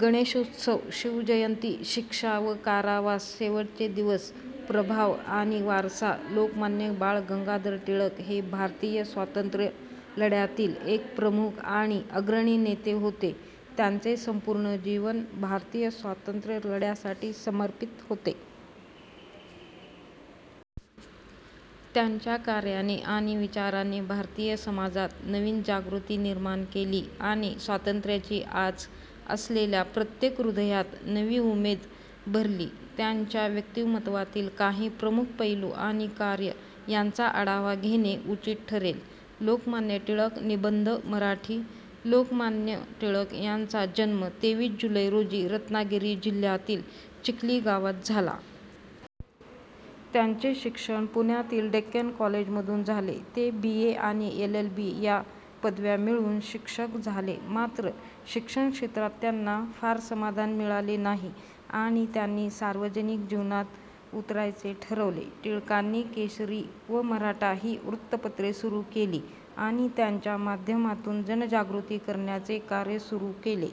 गणेशोत्सव व शिवजयंती, शिक्षा व कारावास, शेवटचे दिवस, प्रभाव आणि वारसा, लोकमान्य बाळ गंगाधर टिळक हे भारतीय स्वातंत्र्य लढ्यातील एक प्रमुख आणि अग्रणी नेते होते. त्यांचे संपूर्ण जीवन भारतीय स्वातंत्र्य लढ्यासाठी समर्पित होते. त्यांच्या कार्याने आणि विचारांनी भारतीय समाजात नवीन जागृती निर्माण केली आणि स्वातंत्र्याची आच असलेल्या प्रत्येक हृदयात नवी उमेद भरली. त्यांच्या व्यक्तिमत्त्वातील काही प्रमुख पैलू आणि कार्य यांचा आढावा घेणे उचित ठरेल. लोकमान्य टिळक निबंध मराठी, लोकमान्य टिळक यांचा जन्म तेवीस जुलै रोजी रत्नागिरी जिल्ह्यातील चिखली गावात झाला. त्यांचे शिक्षण पुण्यातील डेक्कन कॉलेजमधून झाले. ते बी. ए. आणि एल. एल. बी. या पदव्या मिळवून शिक्षक झाले. मात्र, शिक्षणक्षेत्रात त्यांना फार समाधान मिळाले नाही आणि त्यांनी सार्वजनिक जीवनात उतरायचे ठरवले. टिळकांनी केसरी व मराठा ही वृत्तपत्रे सुरू केली आणि त्यांच्या माध्यमातून जनजागृती करण्याचे कार्य सुरू केले.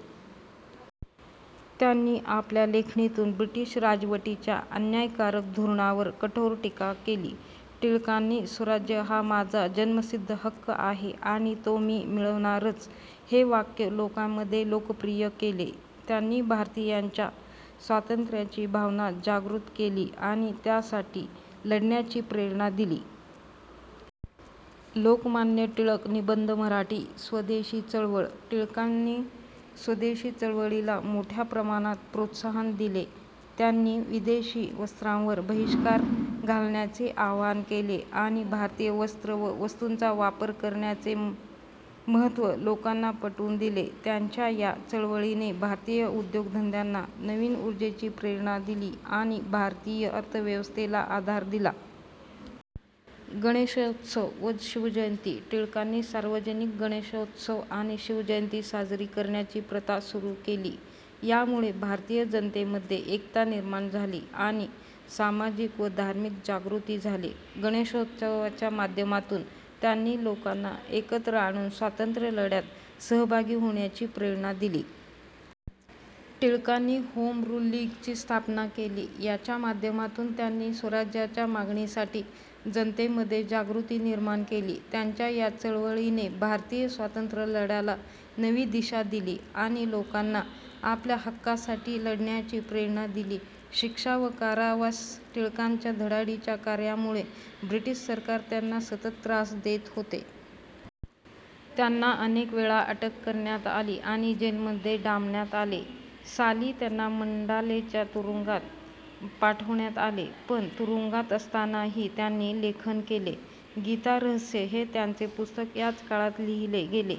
त्यांनी आपल्या लेखणीतून ब्रिटिश राजवटीच्या अन्यायकारक धोरणांवर कठोर टीका केली. टिळकांनी स्वराज्य हा माझा जन्मसिद्ध हक्क आहे आणि तो मी मिळवणारच हे वाक्य लोकांमध्ये लोकप्रिय केले. त्यांनी भारतीयांच्या स्वातंत्र्याची भावना जागृत केली आणि त्यासाठी लढण्याची प्रेरणा दिली. लोकमान्य टिळक निबंध मराठी, स्वदेशी चळवळ, टिळकांनी स्वदेशी चळवळीला मोठ्या प्रमाणात प्रोत्साहन दिले. त्यांनी विदेशी वस्त्रांवर बहिष्कार घालण्याचे आवाहन केले आणि भारतीय वस्त्र व वस्तूंचा वापर करण्याचे महत्त्व लोकांना पटवून दिले. त्यांच्या या चळवळीने भारतीय उद्योगधंद्यांना नवीन ऊर्जेची प्रेरणा दिली आणि भारतीय अर्थव्यवस्थेला आधार दिला. गणेशोत्सव व शिवजयंती, टिळकांनी सार्वजनिक गणेशोत्सव आणि शिवजयंती साजरी करण्याची प्रथा सुरू केली. यामुळे भारतीय जनतेमध्ये एकता निर्माण झाली आणि सामाजिक व धार्मिक जागृती झाली. गणेशोत्सवाच्या माध्यमातून त्यांनी लोकांना एकत्र आणून स्वातंत्र्यलढ्यात सहभागी होण्याची प्रेरणा दिली. टिळकांनी होमरूल लीगची स्थापना केली. याच्या माध्यमातून त्यांनी स्वराज्याच्या मागणीसाठी जनतेमध्ये जागृती निर्माण केली. त्यांच्या या चळवळीने भारतीय स्वातंत्र्यलढ्याला नवी दिशा दिली आणि लोकांना आपल्या हक्कांसाठी लढण्याची प्रेरणा दिली. शिक्षा व कारावास, टिळकांच्या धडाडीच्या कार्यामुळे ब्रिटिश सरकार त्यांना सतत त्रास देत होते. त्यांना अनेक वेळा अटक करण्यात आली आणि जेलमध्ये डांबण्यात आले. साली त्यांना मंडालेच्या तुरुंगात पाठवण्यात आले. पण तुरुंगात असतानाही त्यांनी लेखन केले. गीता रहस्य हे त्यांचे पुस्तक याच काळात लिहिले गेले.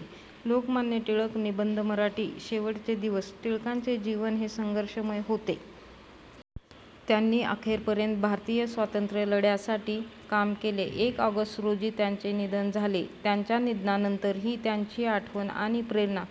लोकमान्य टिळक निबंध मराठी, शेवटचे दिवस, टिळकांचे जीवन हे संघर्षमय होते. त्यांनी अखेरपर्यंत भारतीय स्वातंत्र्यलढ्यासाठी काम केले. एक ऑगस्ट रोजी त्यांचे निधन झाले. त्यांच्या निधनानंतरही त्यांची आठवण आणि प्रेरणा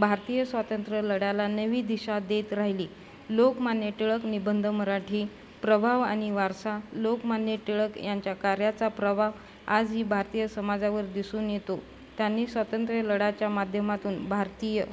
भारतीय स्वातंत्र्यलढ्याला नवी दिशा देत राहिली. लोकमान्य टिळक निबंध मराठी, प्रभाव आणि वारसा, लोकमान्य टिळक यांच्या कार्याचा प्रभाव आजही भारतीय समाजावर दिसून येतो. त्यांनी स्वातंत्र्यलढ्याच्या माध्यमातून भारतीय